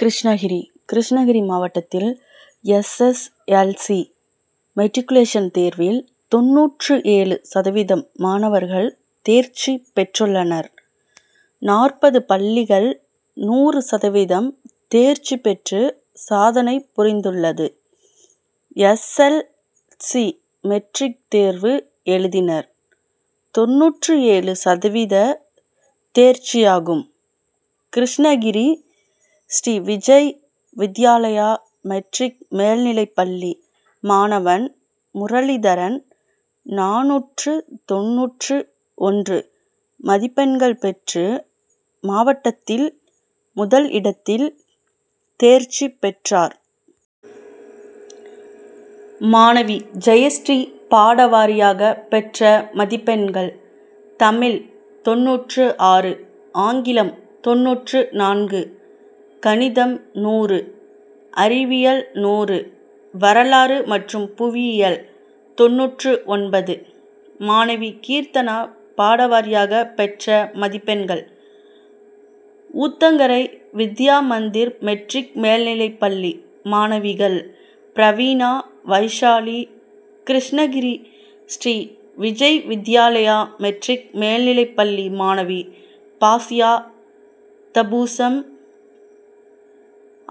கிருஷ்ணகிரி: கிருஷ்ணகிரி மாவட்டத்தில் S. S. L. C., matriculation தேர்வில் தொண்ணூற்று ஏழு சதவீதம் மாணவர்கள் தேர்ச்சி பெற்றுள்ளனர். நாற்பது பள்ளிகள் நூறு சதவீதம் தேர்ச்சி பெற்று சாதனை புரிந்துள்ளது. எஸ். எல். ஸி.,மெட்ரிக் தேர்வு எழுதினர். தொண்ணூற்று ஏழு சதவீத தேர்ச்சியாகும். கிருஷ்ணகிரி ஸ்ரீ விஜய் வித்யாலயா மெட்ரிக் மேல்நிலைப்பள்ளி மாணவன் முரளிதரன் நானூற்று தொண்ணூற்று ஒன்று மதிப்பெண்கள் பெற்று மாவட்டதில் முதல் இடத்தில் தேர்ச்சி பெற்றார். மாணவி ஜெயஸ்ரீ பாடவாரியாக பெற்ற மதிப்பெண்கள்: தமிழ் தொண்ணூற்று ஆறு, ஆங்கிலம் தொண்ணூற்று நான்கு, கணிதம் நூறு, அறிவியல் நூறு, வரலாறு மற்றும் புவியியல் தொண்ணூற்று ஒன்பது. மாணவி கீர்த்தனா பாடவாரியாக பெற்ற மதிப்பெண்கள். ஊத்தங்கரை வித்யா மந்திர் மெட்ரிக் மேல்நிலைப்பள்ளி மாணவிகள் பிரவீனா, வைஷாலி, கிருஷ்ணகிரி ஸ்ரீ விஜய் வித்யாலயா மெட்ரிக் மேல்நிலைப்பள்ளி மாணவி பாசியா தபூசம்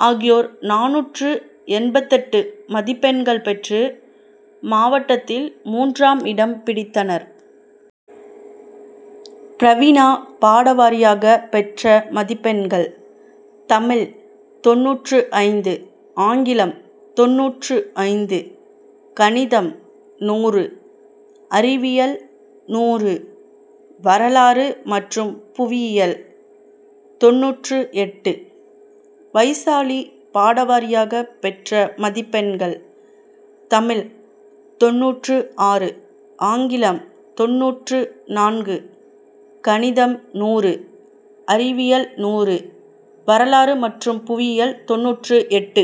ஆகியோர் நானூற்று எண்பத்தெட்டு மதிப்பெண்கள் பெற்று மாவட்டத்தில் மூன்றாம் இடம் பிடித்தனர். பிரவீனா பாடவாரியாக பெற்ற மதிப்பெண்கள்: தமிழ் தொண்ணூற்று ஐந்து, ஆங்கிலம் தொண்ணூற்று ஐந்து, கணிதம் நூறு, அறிவியல் நூறு, வரலாறு மற்றும் புவியியல் தொண்ணூற்று எட்டு. வைசாலி பாடவரியாக பெற்ற மதிப்பெண்கள்: தமிழ் தொண்ணூற்று ஆறு, ஆங்கிலம் தொண்ணூற்று நான்கு, கணிதம் நூறு, அறிவியல் நூறு, வரலாறு மற்றும் புவியியல் தொண்ணூற்று எட்டு.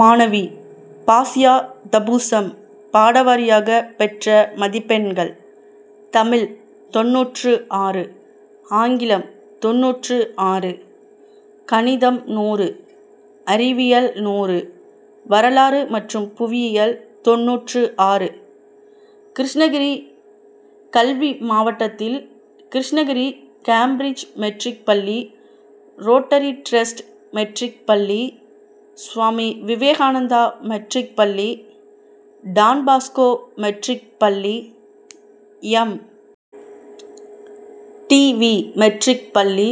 மாணவி பாசியா தபூசம் பாடவாரியாக பெற்ற மதிப்பெண்கள்: தமிழ் தொண்ணூற்று ஆறு, ஆங்கிலம் தொண்ணூற்று ஆறு, கணிதம் நூறு, அறிவியல் நூறு, வரலாறு மற்றும் புவியியல் தொண்ணூற்று ஆறு. கிருஷ்ணகிரி கல்வி மாவட்டத்தில் கிருஷ்ணகிரி கேம்பிரிட்ஜ் மெட்ரிக் பள்ளி, ரோட்டரி டிரஸ்ட் மெட்ரிக் பள்ளி, சுவாமி விவேகானந்தா மெட்ரிக் பள்ளி, டான்பாஸ்கோ மெட்ரிக் பள்ளி, எம். டி. வி., மெட்ரிக் பள்ளி,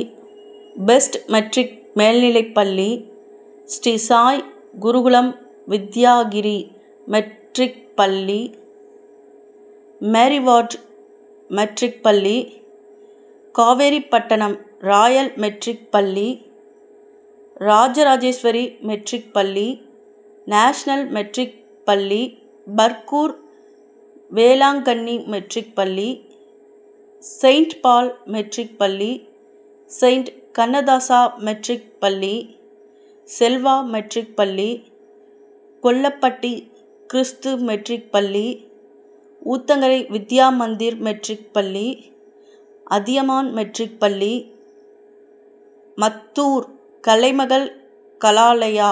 பெஸ்ட் மெட்ரிக் மேல்நிலைப்பள்ளி, ஸ்ரீ சாய் குருகுலம் வித்யா கிரி மெட்ரிக் பள்ளி, மேரிவார்டு மெட்ரிக் பள்ளி, காவேரிப்பட்டணம் ராயல் மெட்ரிக் பள்ளி, ராஜ ராஜேஸ்வரி மெட்ரிக் பள்ளி, நேஷனல் மெட்ரிக் பள்ளி, பர்கூர், வேளாங்கன்னி மெட்ரிக் பள்ளி, செயின்ட்பால் மெட்ரிக் பள்ளி, செயின்ட் கண்ணதாசா மெட்ரிக் பள்ளி, செல்வா மெட்ரிக் பள்ளி, கொல்லப்பட்டி கிறுஸ்து மெட்ரிக் பள்ளி, ஊத்தங்கரை வித்யா மந்திர் மெட்ரிக்பள்ளி, அதியமான் மெட்ரிக் பள்ளி, மத்தூர் கலைமகள் கலாலயா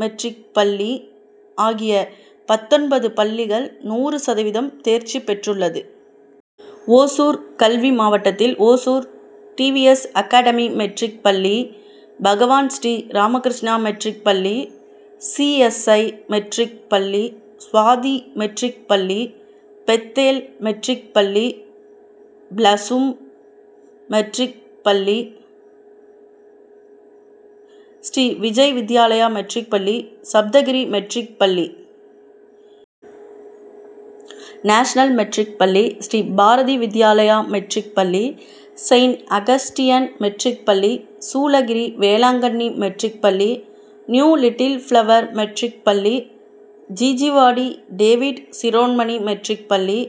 மெட்ரிக் பள்ளி ஆகிய பத்தொன்பது பள்ளிகள் நூறு சதவீதம் தேர்சி பெற்றுள்ளது. ஓசூர் கல்வி மாவட்டத்தில் ஓசூர் டிவிஎஸ் அகாடமிமெட்ரிக் பள்ளி, பகவான் ஸ்ரீ ராமகிருஷ்ணா மெட்ரிக் பள்ளி, சி. எஸ். ஐ., மெட்ரிக் பள்ளி, சுவாதி மெட்ரிக் பள்ளி, பெத்தேல் மெட்ரிக் பள்ளி, ப்ளசூம் மெட்ரிக் பள்ளி, ஸ்ரீ விஜய் வித்யாலயா மெட்ரிக் பள்ளி, சப்தகிரி மெட்ரிக் பள்ளி, நேஷனல் மெட்ரிக் பள்ளி, ஸ்ரீ பாரதி வித்யாலயா மெட்ரிக் பள்ளி, செயின் அகஸ்டியன் மெட்ரிக் பள்ளி, சூளகிரி வேளாங்கன்னி மெட்ரிக் பள்ளி, நியூ லிட்டில் பிளவர் மெட்ரிக் பள்ளி, ஜீஜீவாடி டேவிட் சிரோண்மணி மெட்ரிக் பள்ளி,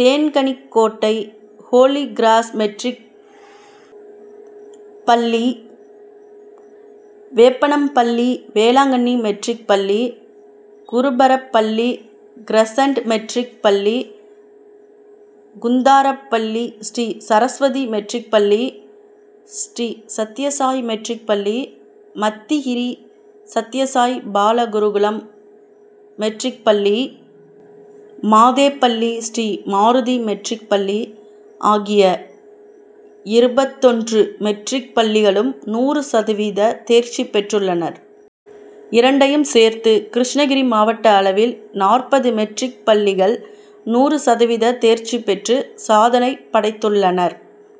தேன்கனிக்கோட்டை, ஹோலி கிராஸ் மெட்ரிக் பள்ளி, வேப்பனப்பள்ளி வேளாங்கன்னி மெட்ரிக் பள்ளி, குருபரப்பள்ளி கிரசன்ட் மெட்ரிக் பள்ளி, குந்தாரப்பள்ளி ஸ்ரீ சரஸ்வதி மெட்ரிக் பள்ளி, ஸ்ரீ சத்யசாய் மெட்ரிக் பள்ளி, மத்திகிரி சத்யசாய் பால குருகுலம் மெட்ரிக் பள்ளி, மாதேப்பள்ளி ஸ்ரீ மாருதி மெட்ரிக் பள்ளி ஆகிய இருபத்தொன்று மெட்ரிக் பள்ளிகளும் நூறு சதவீத தேர்ச்சி பெற்றுள்ளனர். இரண்டையும் சேர்த்து கிருஷ்ணகிரி மாவட்ட அளவில் நாற்பது மெட்ரிக் பள்ளிகள் நூறு சதவீத தேர்ச்சி பெற்று சாதனை படைத்துள்ளனர்.